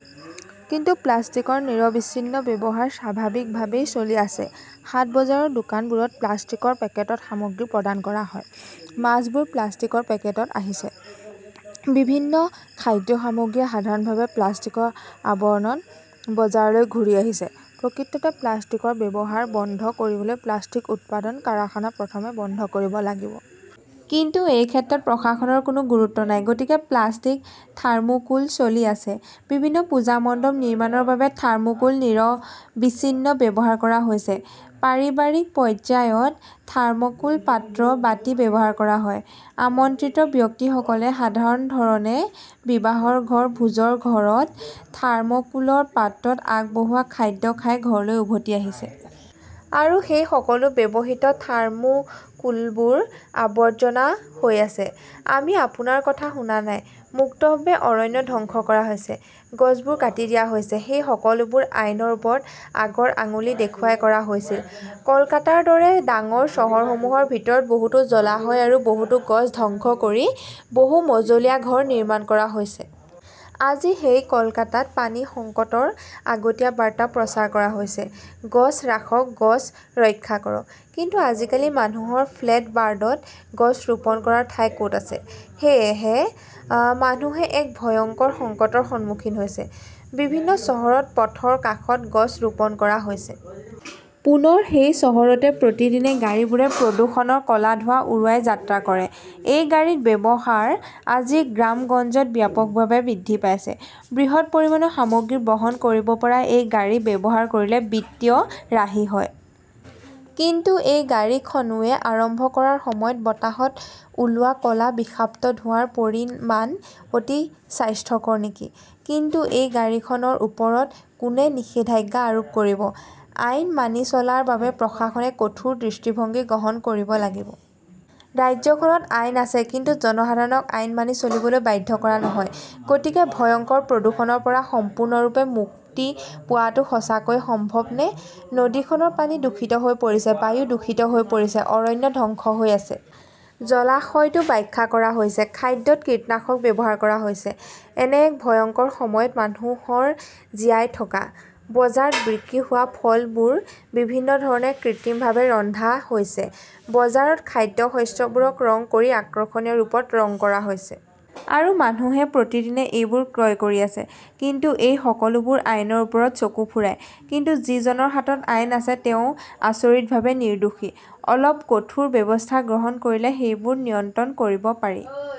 কিন্তু প্লাষ্টিকৰ নিৰবিচ্ছিন্ন ব্যৱহাৰ স্বাভাৱিকভাৱেই চলি আছে'। হাট বজাৰৰ দোকানবোৰত প্লাষ্টিকৰ পেকেটত সামগ্ৰী প্ৰদান কৰা হয়। মাছবোৰ প্লাষ্টিকৰ পেকেটত আহিছে। বিভিন্ন খাদ্য সামগ্ৰীয়ে সাধাৰণভাৱে প্লাষ্টিকৰ আৱৰণত বজাৰলৈ ঘূৰি আহিছে। প্ৰকৃততে প্লাষ্টিকৰ ব্যৱহাৰ বন্ধ কৰিবলৈ প্লাষ্টিক উৎপাদন কাৰখানা প্ৰথমে বন্ধ কৰিব লাগিব। কিন্তু এই ক্ষেত্ৰত প্ৰশাসনৰ কোনো গুৰুত্ব নাই। গতিকে প্লাষ্টিক, থাৰ্মোকোল চলি আছে। বিভিন্ন পূজা মণ্ডপ নিৰ্মাণৰ বাবে থাৰ্মোকোল নিৰবিচ্ছিন্ন ব্যৱহাৰ কৰা হৈছে। পাৰিবাৰিক পৰ্যায়ত থাৰ্মোকোল পাত্ৰ, বাতি ব্যৱহাৰ কৰা হয়। আমন্ত্ৰিত ব্যক্তিসকলে সাধাৰণ ধৰণে বিবাহৰ ঘৰ, ভোজৰ ঘৰত থাৰ্মকোলৰ পাত্ৰত আগবঢ়োৱা খাদ্য খাই ঘৰলৈ উভতি আহিছে। আৰু সেই সকলো ব্যৱহৃত থাৰ্মোকোলবোৰ আবৰ্জনা হৈ আছে। আমি আপোনাৰ কথা শুনা নাই। মুক্তভাৱে অৰণ্য ধ্বংস কৰা হৈছে। গছবোৰ কাটি দিয়া হৈছে। এই সকলোবোৰ আইনৰ ওপৰত আগৰ আঙুলি দেখুৱাই কৰা হৈছিল। কলকাতাৰ দৰে ডাঙৰ চহৰসমূহৰ ভিতৰত বহুতো জলাশয় আৰু বহুতো গছ ধ্বংস কৰি বহু-মজলীয়া ঘৰ নিৰ্মাণ কৰা হৈছে। আজি সেই কলকাতাত পানীৰ সংকটৰ আগতীয়া বাৰ্তা প্ৰচাৰ কৰা হৈছে, গছ ৰাখক, গছ ৰক্ষা কৰক। কিন্তু আজিকালি মানুহৰ ফ্লেটবাৰ্ডত গছ ৰোপণ কৰাৰ ঠাই ক'ত আছে? সেয়েহে মানুহে এক ভয়ংকৰ সংকটৰ সন্মুখীন হৈছে। বিভিন্ন চহৰত পথৰ কাষত গছ ৰোপণ কৰা হৈছে। পুনৰ সেই চহৰতে প্ৰতিদিনে গাড়ীবোৰে প্ৰদূষণৰ ক 'লা ধোঁৱা উৰুৱাই যাত্ৰা কৰে। এই গাড়ীৰ ব্যৱহাৰ আজি গ্ৰামগঞ্জত ব্যাপকভাৱে বৃদ্ধি পাইছে। বৃহৎ পৰিমাণৰ সামগ্ৰী বহন কৰিব পৰা এই গাড়ী ব্যৱহাৰ কৰিলে বিত্তীয় ৰাহি হয়। কিন্তু এই গাড়ীখনৱে আৰম্ভ কৰাৰ সময়ত বতাহত ওলোৱা ক'লা বিষাক্ত ধোঁৱাৰ পৰিমাণ অতি স্বাস্থ্যকৰ নেকি? কিন্তু এই গাড়ীখনৰ ওপৰত কোনে নিষেধাজ্ঞা আৰোপ কৰিব? আইন মানি চলাৰ বাবে প্ৰশাসনে কঠোৰ দৃষ্টিভংগী গ্ৰহণ কৰিব লাগিব। ৰাজ্যখনত আইন আছে কিন্তু জনসাধাৰণক আইন মানি চলিবলৈ বাধ্য কৰা নহয়। গতিকে ভয়ংকৰ প্ৰদূষণৰ পৰা সম্পূৰ্ণৰূপে মুক্তি পোৱাটো সঁচাকৈয়ে সম্ভৱনে? নদীখনৰ পানী দূষিত হৈ পৰিছে। বায়ু দূষিত হৈ পৰিছে। অৰণ্য ধ্বংস হৈ আছে। জলাশয়টো ব্যাখ্যা কৰা হৈছে। খাদ্যত কীটনাশক ব্যৱহাৰ কৰা হৈছে। এনে এক ভয়ংকৰ সময়ত মানুহৰ জীয়াই থকা। বজাৰত বিক্ৰী হোৱা ফলবোৰ বিভিন্ন ধৰণে কৃত্ৰিমভাৱে ৰন্ধা হৈছে। বজাৰত খাদ্যশস্যবোৰক ৰং কৰি আকৰ্ষণীয় ৰূপত ৰং কৰা হৈছে। আৰু মানুহে প্ৰতিদিনে এইবোৰ ক্ৰয় কৰি আছে। কিন্তু এই সকলোবোৰ আইনৰ ওপৰত চকু ফুৰাই। কিন্তু যিজনৰ হাতত আইন আছে, তেওঁ আচৰিতভাৱে নিৰ্দোষী। অলপ কঠোৰ ব্যৱস্থা গ্ৰহণ কৰিলে সেইবোৰ নিয়ন্ত্ৰণ কৰিব পাৰি।